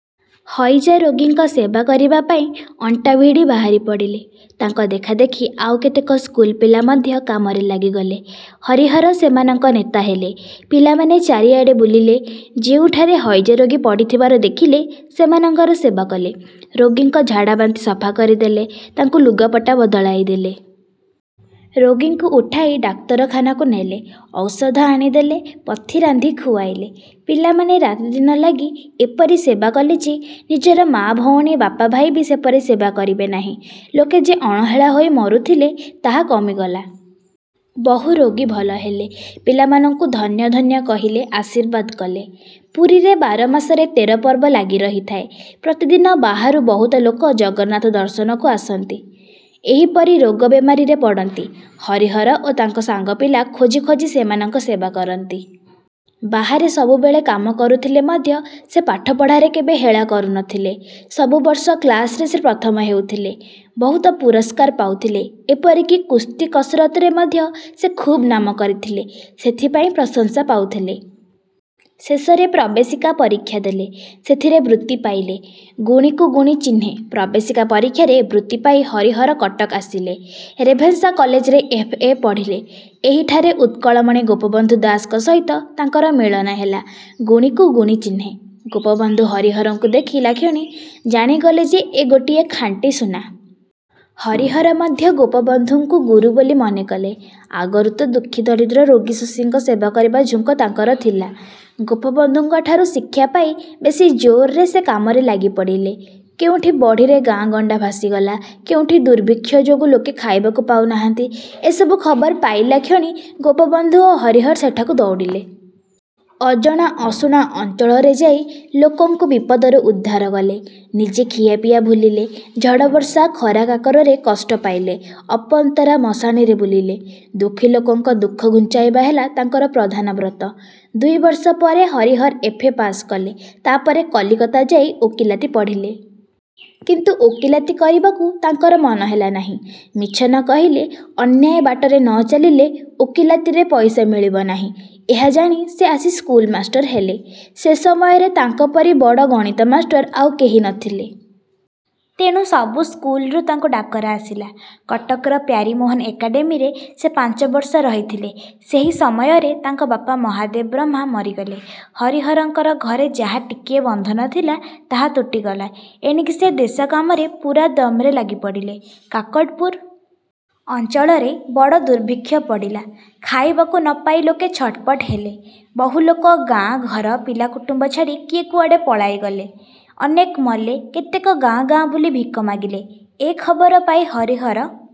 ହଇଜା ରୋଗୀଙ୍କ ସେବା କରିବା ପାଇଁ ଅଣ୍ଟାଭିଡି ବାହାରି ପଡ଼ିଲେ। ତାଙ୍କ ଦେଖାଦେଖି ଆଉ କେତେକ ସ୍କୁଲପିଲା ମଧ୍ୟ କାମରେ ଲାଗିଗଲେ। ହରିହର ସେମାନଙ୍କ ନେତା ହେଲେ। ପିଲାମାନେ ଚାରିଆଡ଼େ ବୁଲିଲେ। ଯେଉଁଠାରେ ହଇଜାରୋଗୀ ପଡ଼ିଥିବାର ଦେଖିଲେ, ସେମାନଙ୍କର ସେବା କଲେ। ରୋଗୀଙ୍କ ଝାଡ଼ାବାନ୍ତି ସଫା କରିଦେଲେ, ତାଙ୍କୁ ଲୁଗାପଟା ବଦଳାଇଦେଲେ। ରୋଗୀଙ୍କୁ ଉଠାଇ ଡାକ୍ତରଖାନାକୁ ନେଲେ। ଔଷଧ ଆଣି ଦେଲେ, ପଥି ରାନ୍ଧି ଖୁଆଇଲେ। ପିଲାମାନେ ରାତିଦିନ ଲାଗି ଏପରି ସେବା କଲେ ଯେ, ନିଜର ମା ଭଉଣୀ, ବାପ ଭାଇ ବି ସେପରି ସେବା କରିବେ ନାହିଁ। ଲୋକେ ଯେ ଅଣହେଳା ହୋଇ ମରୁଥିଲେ, ତାହା କମିଗଲା। ବହୁ ରୋଗୀ ଭଲ ହେଲେ। ପିଲାମାନଙ୍କୁ ଧନ୍ୟ ଧନ୍ୟ କହିଲେ, ଆଶୀର୍ବାଦ କଲେ। ପୁରୀରେ ବାର ମାସରେ ତେର ପର୍ବ ଲାଗି ରହିଥାଏ। ପ୍ରତିଦିନ ବାହାରୁ ବହୁତ ଲୋକ ଜଗନ୍ନାଥ ଦର୍ଶନକୁ ଆସନ୍ତି, ଏହିପରି ରୋଗ ବେମାରିରେ ପଡ଼ନ୍ତି। ହରିହର ଓ ତାଙ୍କ ସାଙ୍ଗ ପିଲା ଖୋଜି ଖୋଜି ସେମାନଙ୍କ ସେବା କରନ୍ତି। ବାହାରେ ସବୁବେଳେ କାମ କରୁଥିଲେ ମଧ୍ୟ ସେ ପାଠ ପଢ଼ାରେ କେବେ ହେଳା କରୁ ନ ଥିଲେ। ସବୁ ବର୍ଷ କ୍ଲାସରେ ସେ ପ୍ରଥମ ହେଉଥିଲେ। ବହୁତ ପୁରସ୍କାର ପାଉଥିଲେ। ଏପରି କି କୁସ୍ତି କସରତରେ ମଧ୍ୟ ସେ ଖୁବ୍ ନାମ କରିଥିଲେ, ସେଥିପାଇଁ ପ୍ରଶଂସା ପାଉଥିଲେ। ଶେଷରେ ପ୍ରବେଶିକା ପରୀକ୍ଷା ଦେଲେ; ସେଥିରେ ବୃତ୍ତି ପାଇଲେ। ଗୁଣୀକୁ ଗୁଣୀ ଚିହ୍ନେ—ପ୍ରବେଶିକା ପରୀକ୍ଷାରେ ବୃତ୍ତି ପାଇ ହରିହର କଟକ ଆସିଲେ। ରେଭେନ୍ସା କଲେଜରେ ଏଫ. ଏ. ପଢ଼ିଲେ। ଏହିଠାରେ ଉତ୍କଳମଣି ଗୋପବନ୍ଧୁ ଦାସଙ୍କ ସହିତ ତାଙ୍କର ମିଳନ ହେଲା। ଗୁଣୀକୁ ଗୁଣୀ ଚିହ୍ନେ। ଗୋପବନ୍ଧୁ ହରିହରଙ୍କୁ ଦେଖିଲାକ୍ଷଣି ଜାଣିଗଲେ ଯେ, ଏ ଗୋଟିଏ ଖାଣ୍ଟି ସୁନା। ହରିହର ମଧ୍ୟ ଗୋପବନ୍ଧୁଙ୍କୁ ଗୁରୁ ବୋଲି ମନେ କଲେ। ଆଗରୁ ତ ଦୁଃଖୀ ଦରିଦ୍ର, ରୋଗୀଶୋଷୀଙ୍କ ସେବା କରିବା ଝୁଙ୍କ ତାଙ୍କର ଥିଲା। ଗୋପବନ୍ଧୁଙ୍କ ଠାରୁ ଶିକ୍ଷା ପାଇ ବେଶୀ ଜୋରରେ ସେ କାମରେ ଲାଗି ପଡ଼ିଲେ। କେଉଁଠି ବଢ଼ିରେ ଗାଁ ଗଣ୍ଡା ଭାସିଗଲା, କେଉଁଠି ଦୁର୍ଭିକ୍ଷ ଯୋଗୁଁ ଲୋକେ ଖାଇବାକୁ ପାଉନାହାନ୍ତି, ଏ ସବୁ ଖବର ପାଇଲାକ୍ଷଣି ଗୋପବନ୍ଧୁ ଓ ହରିହର ସେଠାକୁ ଦଉଡ଼ିଲେ। ଅଜଣା ଅଶୁଣା ଅଞ୍ଚଳରେ ଯାଇ ଲୋକଙ୍କୁ ବିପଦରୁ ଉଦ୍ଧାର କଲେ। ନିଜେ ଖିଆପିଆ ଭୁଲିଲେ, ଝଡ଼ବର୍ଷା, ଖରାକାକରରେ କଷ୍ଟ ପାଇଲେ, ଅପନ୍ତରା ମଶାଣିରେ ବୁଲିଲେ। ଦୁଃଖୀଲୋକଙ୍କ ଦୁଃଖ ଘୁଞ୍ଚାଇବା ହେଲା ତାଙ୍କର ପ୍ରଧାନ ବ୍ରତ। ଦୁଇ ବର୍ଷ ପରେ ହରିହର ଏଫ. ଏ. ପାସ୍ କଲେ। ତା’ ପରେ କଲିକତା ଯାଇ ଓକିଲାତି ପଢ଼ିଲେ। କିନ୍ତୁ ଓକିଲାତି କରିବାକୁ ତାଙ୍କର ମନ ହେଲା ନାହିଁ। ମିଛ ନ କହିଲେ, ଅନ୍ୟାୟ ବାଟରେ ନ ଚାଲିଲେ ଓକିଲାତିରେ ପଇସା ମିଳିବ ନାହିଁ। ଏହା ଜାଣି ସେ ଆସି ସ୍କୁଲର ମାଷ୍ଟର ହେଲେ। ସେ ସମୟରେ ତାଙ୍କ ପରି ବଡ଼ ଗଣିତ ମାଷ୍ଟର ଆଉ କେହି ନ ଥିଲେ। ତେଣୁ ସବୁ ସ୍କୁଲରୁ ତାଙ୍କୁ ଡାକରା ଆସିଲା। କଟକର ପ୍ୟାରୀମୋହନ ଏକାଡେମୀରେ ସେ ପାଞ୍ଚ ବର୍ଷ ରହିଥିଲେ। ସେହି ସମୟରେ ତାଙ୍କ ବାପା ମହାଦେବ ବ୍ରହ୍ମା ମରିଗଲେ। ହରିହରଙ୍କର ଘରେ ଯାହା ଟିକିଏ ବନ୍ଧନ ଥିଲା, ତାହା ତୁଟିଗଲା। ଏଣିକି ସେ ଦେଶକାମରେ ପୁରାଦମ୍ରେ ଲାଗିପଡ଼ିଲେ। କାକଟପୁର ଅଞ୍ଚଳରେ ବଡ଼ ଦୁର୍ଭିକ୍ଷ ପଡ଼ିଲା। ଖାଇବାକୁ ନ ପାଇ ଲୋକେ ଛଟପଟ ହେଲେ। ବହୁ ଲୋକ ଗାଁ, ଘର, ପିଲା କୁଟୁମ୍ବ ଛାଡ଼ି କିଏ କୁଆଡ଼େ ପଳାଇଗଲେ। ଅନେକ ମଲେ, କେତେକ ଗାଁ ଗାଁ ବୁଲି ଭିକ ମାଗିଲେ। ଏ ଖବର ପାଇ ହରିହର...